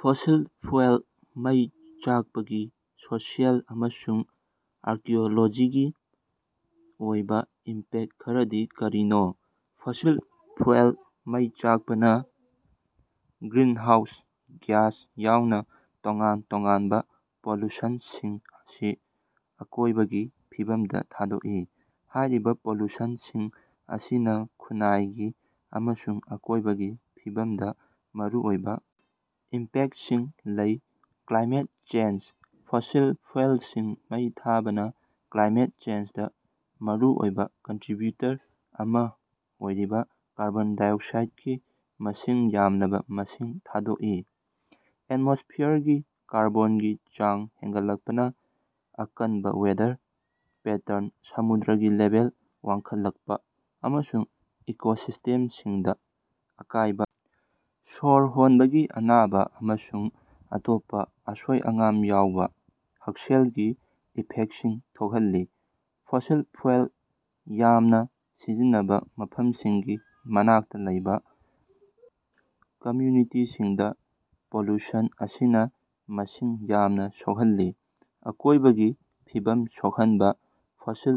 Fossil fuel ꯃꯩ ꯆꯥꯛꯄꯒꯤ social ꯑꯃꯁꯨꯡ ꯑꯥꯔꯀ꯭ꯌꯣꯂꯣꯖꯤꯒꯤ ꯑꯣꯏꯕꯥ ꯏꯝꯄꯦꯛ ꯈꯔꯗꯤ ꯀꯔꯤꯅꯣ? ꯐꯣꯁꯤꯜ ꯐ꯭ꯌꯨꯑꯦꯜ ꯃꯩ ꯆꯥꯛꯄꯅ ꯒ꯭ꯔꯤꯅꯍꯥꯎꯁ ꯒ꯭ꯌꯥꯁ ꯌꯥꯎꯅ ꯇꯣꯉꯥꯟ ꯇꯣꯉꯥꯟꯕ ꯄꯣꯂꯨꯁꯟꯁꯤꯡ ꯑꯁꯤ ꯑꯀꯣꯏꯕꯒꯤ ꯐꯤꯕꯝꯗ ꯊꯥꯗꯣꯛꯏ꯫ ꯍꯥꯏꯔꯤꯕ ꯄꯣꯂꯨꯁꯟꯁꯤꯡ ꯑꯁꯤꯅ ꯈꯨꯟꯅꯥꯏꯒꯤ ꯑꯃꯁꯨꯡ ꯑꯀꯣꯏꯕꯒꯤ ꯐꯤꯕꯝꯗ ꯃꯔꯨꯑꯣꯏꯕ ꯏꯝꯄꯦꯛꯇꯁꯤꯡ ꯂꯩ꯫ ꯀ꯭ꯂꯥꯏꯃꯦꯠ ꯆꯦꯟꯖ: ꯐꯣꯁꯤꯜ ꯐ꯭ꯌꯨꯑꯦꯜꯁꯤꯡ ꯃꯩ ꯊꯥꯕꯅ ꯀ꯭ꯂꯥꯏꯃꯦꯠ ꯆꯦꯟꯖꯗ ꯃꯔꯨꯑꯣꯏꯕ ꯀꯟꯇꯔꯤꯕ꯭ꯌꯨꯇꯔ ꯑꯃꯥ ꯑꯣꯏꯔꯤꯕꯥ ꯀꯥꯔꯕꯣꯟ ꯗꯥꯏꯑꯣꯛꯁꯥꯏꯠꯀꯤ ꯃꯁꯤꯡ ꯌꯥꯝꯂꯕ ꯃꯁꯤꯡ ꯊꯥꯗꯣꯛꯏ꯫ ꯑꯦꯠꯃꯣꯁ꯭ꯐꯤꯌꯔꯒꯤ ꯀꯥꯔꯕꯣꯟꯒꯤ ꯆꯥꯡ ꯍꯦꯟꯒꯠꯂꯛꯄꯅ ꯑꯀꯟꯕ ꯋꯦꯗꯔ ꯄꯦꯇ꯭ꯔꯟ, ꯁꯃꯨꯗ꯭ꯔꯒꯤ ꯂꯦꯚꯦꯜ ꯋꯥꯡꯈꯠꯂꯛꯄ ꯑꯃꯁꯨꯡ ꯏꯀꯣꯁꯤꯁ꯭ꯇꯦꯝꯁꯤꯡꯗ ꯑꯀꯥꯏꯕ ꯁꯣꯔ ꯍꯣꯟꯕꯒꯤ ꯑꯅꯥꯕ ꯑꯃꯁꯨꯡ ꯑꯇꯣꯞꯄ ꯑꯁꯣꯏ-ꯑꯉꯥꯝ ꯌꯥꯎꯕ ꯍꯛꯁꯦꯜꯒꯤ ꯏꯐꯦꯛꯇꯁꯤꯡ ꯊꯣꯛꯍꯜꯂꯤ꯫ ꯐꯣꯁꯤꯜ ꯐ꯭ꯌꯨꯑꯦꯜ ꯌꯥꯝꯅ ꯁꯤꯖꯤꯟꯅꯕ ꯃꯐꯝꯁꯤꯡꯒꯤ ꯃꯅꯥꯛꯇꯥ ꯂꯩꯕ ꯀꯝꯌꯨꯅꯤꯇꯤꯁꯤꯡꯗꯥ ꯄꯣꯂꯨꯁꯟ ꯑꯁꯤꯅꯥ ꯃꯁꯤꯡ ꯌꯥꯝꯅ ꯁꯣꯛꯍꯜꯂꯤ꯫ ꯑꯀꯣꯏꯕꯒꯤ ꯐꯤꯕꯝ ꯁꯣꯛꯍꯟꯕꯥ: ꯐꯣꯁꯤꯜ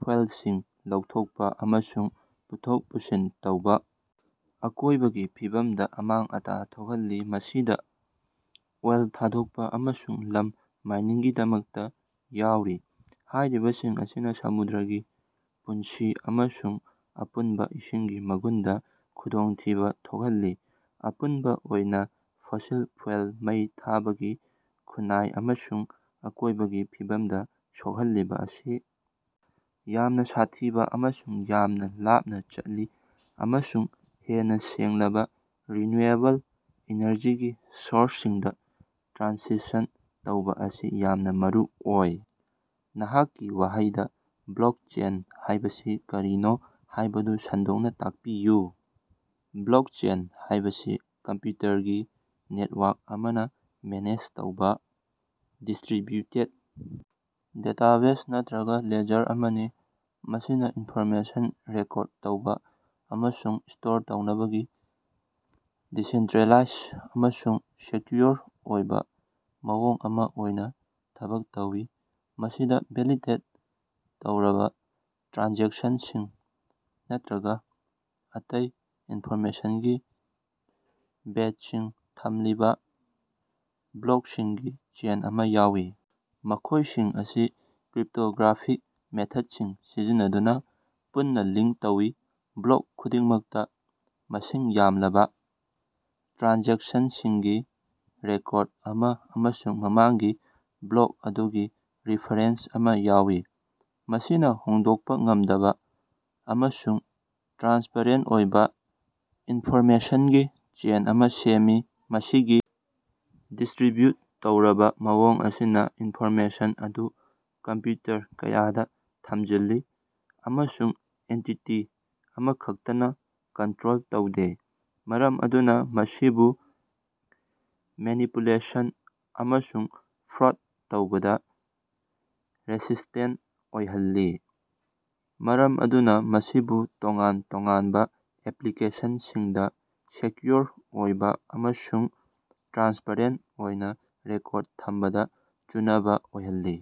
ꯐ꯭ꯌꯨꯑꯦꯂꯁꯤꯡ ꯂꯧꯊꯣꯛꯄ ꯑꯃꯁꯨꯡ ꯄꯨꯊꯣꯛ ꯄꯨꯁꯤꯟ ꯇꯧꯕ ꯑꯀꯣꯏꯕꯒꯤ ꯐꯤꯕꯝꯗ ꯑꯃꯥꯡ-ꯑꯇꯥ ꯊꯣꯛꯍꯜꯂꯤ꯫ ꯃꯁꯤꯗ ꯑꯣꯏꯜ ꯊꯥꯗꯣꯛꯄ ꯑꯃꯁꯨꯡ ꯂꯝ ꯃꯥꯏꯅꯤꯡꯒꯤꯗꯃꯛꯇ ꯌꯥꯎꯔꯤ꯫ ꯍꯥꯏꯔꯤꯕꯁꯤꯡ ꯑꯁꯤꯅ ꯁꯃꯨꯗ꯭ꯔꯒꯤ ꯄꯨꯟꯁꯤ ꯑꯃꯁꯨꯡ ꯑꯄꯨꯟꯕ ꯏꯁꯤꯡꯒꯤ ꯃꯒꯨꯟꯗ ꯈꯨꯗꯣꯡꯊꯤꯕ ꯊꯣꯛꯍꯜꯂꯤ꯫ ꯑꯄꯨꯟꯕ ꯑꯣꯏꯅ ꯐꯣꯁꯤꯜ ꯐ꯭ꯌꯨꯑꯦꯜ ꯃꯩ ꯊꯥꯕꯒꯤ ꯈꯨꯟꯅꯥꯏ ꯑꯃꯁꯨꯡ ꯑꯀꯣꯏꯕꯒꯤ ꯐꯤꯕꯝꯗ ꯁꯣꯛꯍꯜꯂꯤꯕ ꯑꯁꯤ ꯌꯥꯝꯅ ꯁꯥꯊꯤꯕ ꯑꯃꯁꯨꯡ ꯌꯥꯝꯅ ꯂꯥꯞꯅ ꯆꯠꯂꯤ ꯑꯃꯁꯨꯡ ꯍꯦꯟꯅ ꯁꯦꯡꯂꯕ ꯔꯤꯟꯌꯨꯑꯦꯕꯜ ꯏꯅꯔꯖꯤꯒꯤ ꯁꯣꯔꯁꯁꯤꯡꯗ ꯇ꯭ꯔꯥꯟꯁꯤꯁꯟ ꯇꯧꯕ ꯑꯁꯤ ꯌꯥꯝꯅ ꯃꯔꯨꯑꯣꯏ꯫ ꯅꯍꯥꯛꯀꯤ ꯋꯥꯍꯩꯗ ꯕ꯭ꯂꯣꯀꯆꯦꯟ ꯍꯥꯏꯕꯁꯤ ꯀꯔꯤꯅꯣ ꯍꯥꯏꯕꯗꯨ ꯁꯟꯗꯣꯛꯅ ꯇꯥꯛꯄꯤꯌꯨ꯫ ꯕ꯭ꯂꯣꯀꯆꯦꯟ ꯍꯥꯏꯕꯁꯤ ꯀꯝꯄ꯭ꯌꯨꯇꯔꯒꯤ ꯅꯦꯇꯋꯥꯔꯛ ꯑꯃꯅ ꯃꯦꯅꯦꯖ ꯇꯧꯕ ꯗꯤꯁ꯭ꯇꯔꯤꯕ꯭ꯌꯨꯇꯦꯠ ꯗꯦꯇꯥꯕꯦꯖ ꯅꯠꯇ꯭ꯔꯒ ꯂꯦꯖꯔ ꯑꯃꯅꯤ꯫ ꯃꯁꯤꯅ ꯏꯟꯐꯣꯔꯃꯦꯁꯟ ꯔꯦꯀꯣꯔꯗ ꯇꯧꯕ ꯑꯃꯁꯨꯡ ꯁ꯭ꯇꯣꯔ ꯇꯧꯅꯕꯒꯤ ꯗꯤꯁꯦꯟꯇ꯭ꯔꯦꯂꯥꯏꯖ ꯑꯃꯁꯨꯡ ꯁꯦꯛꯌꯨꯑꯣꯔ ꯑꯣꯏꯕ ꯃꯑꯣꯡ ꯑꯃ ꯑꯣꯏꯅ ꯊꯕꯛ ꯇꯧꯏ꯫ ꯃꯁꯤꯗ ꯚꯦꯂꯤꯗꯦꯠ ꯇꯧꯔꯕ ꯇ꯭ꯔꯥꯟꯖꯦꯛꯁꯟꯁꯤꯡ ꯅꯠꯇ꯭ꯔꯒ ꯑꯇꯩ ꯏꯟꯐꯣꯔꯃꯦꯁꯟꯒꯤ ꯕꯦꯆꯁꯤꯡ ꯊꯝꯂꯤꯕ ꯕ꯭ꯂꯣꯛꯁꯤꯡꯒꯤ ꯆꯦꯟ ꯑꯃ ꯌꯥꯎꯏ꯫ ꯃꯈꯣꯏꯁꯤꯡ ꯑꯁꯤ ꯀ꯭ꯔꯤꯞꯇꯣꯒ꯭ꯔꯥꯐꯤꯛ ꯃꯦꯊꯗꯁꯤꯡ ꯁꯤꯖꯤꯟꯅꯗꯨꯅ ꯄꯨꯟꯅ ꯂꯤꯡ ꯇꯧꯏ꯫ ꯕ꯭ꯂꯣꯛ ꯈꯨꯗꯤꯡꯃꯛꯇ ꯃꯁꯤꯡ ꯌꯥꯝꯂꯕꯥ ꯇ꯭ꯔꯥꯟꯖꯦꯛꯁꯟꯁꯤꯡꯒꯤ ꯔꯦꯀꯣꯔꯗ ꯑꯃ ꯑꯃꯁꯨꯡ ꯃꯃꯥꯡꯒꯤ ꯕ꯭ꯂꯣꯛ ꯑꯗꯨꯒꯤ ꯔꯤꯐꯔꯦꯟꯁ ꯑꯃ ꯌꯥꯎꯏ꯫ ꯃꯁꯤꯅ ꯍꯣꯡꯗꯣꯛꯄ ꯉꯝꯗꯕ ꯑꯃꯁꯨꯡ ꯇ꯭ꯔꯥꯟꯁꯄꯔꯦꯟꯇ ꯑꯣꯏꯕ ꯏꯟꯐꯣꯔꯃꯦꯁꯟꯒꯤ ꯆꯦꯟ ꯑꯃ ꯁꯦꯝꯃꯤ꯫ ꯃꯁꯤꯒꯤ ꯗꯤꯁ꯭ꯇꯔꯤꯕ꯭ꯌꯨꯠ ꯇꯧꯔꯕ ꯃꯑꯣꯡ ꯑꯁꯤꯅ ꯏꯟꯐꯣꯔꯃꯦꯁꯟ ꯑꯗꯨ ꯀꯝꯞꯌꯨꯇꯔ ꯀꯌꯥꯗ ꯊꯝꯖꯤꯜꯂꯤ꯫ ꯑꯃꯁꯨꯡ ꯑꯦꯟꯇꯤꯇꯤ ꯑꯃꯈꯛꯇꯅ ꯀꯟꯇ꯭ꯔꯣꯜ ꯇꯧꯗꯦ꯫ ꯃꯔꯝ ꯑꯗꯨꯅ ꯃꯁꯤꯕꯨ ꯃꯦꯅꯤꯄꯨꯂꯦꯁꯟ ꯑꯃꯁꯨꯡ ꯐ꯭ꯔꯣꯠ ꯇꯧꯕꯗ ꯔꯦꯁꯤꯁ꯭ꯇꯦꯟꯇ ꯑꯣꯏꯍꯜꯂꯤ꯫ ꯃꯔꯝ ꯑꯗꯨꯅ ꯃꯁꯤꯕꯨ ꯇꯣꯉꯥꯟ-ꯇꯣꯉꯥꯟꯕ ꯑꯦꯞꯂꯤꯀꯦꯁꯟꯁꯤꯡꯗ ꯁꯦꯛꯌꯨꯑꯣꯔ ꯑꯣꯏꯕꯥ ꯑꯃꯁꯨꯡ ꯇ꯭ꯔꯥꯟꯁꯄꯔꯦꯟ ꯑꯣꯏꯅ ꯔꯦꯀꯣꯔꯗ ꯊꯝꯕꯗꯥ ꯆꯨꯟꯅꯕ ꯑꯣꯏꯍꯜꯂꯤ꯫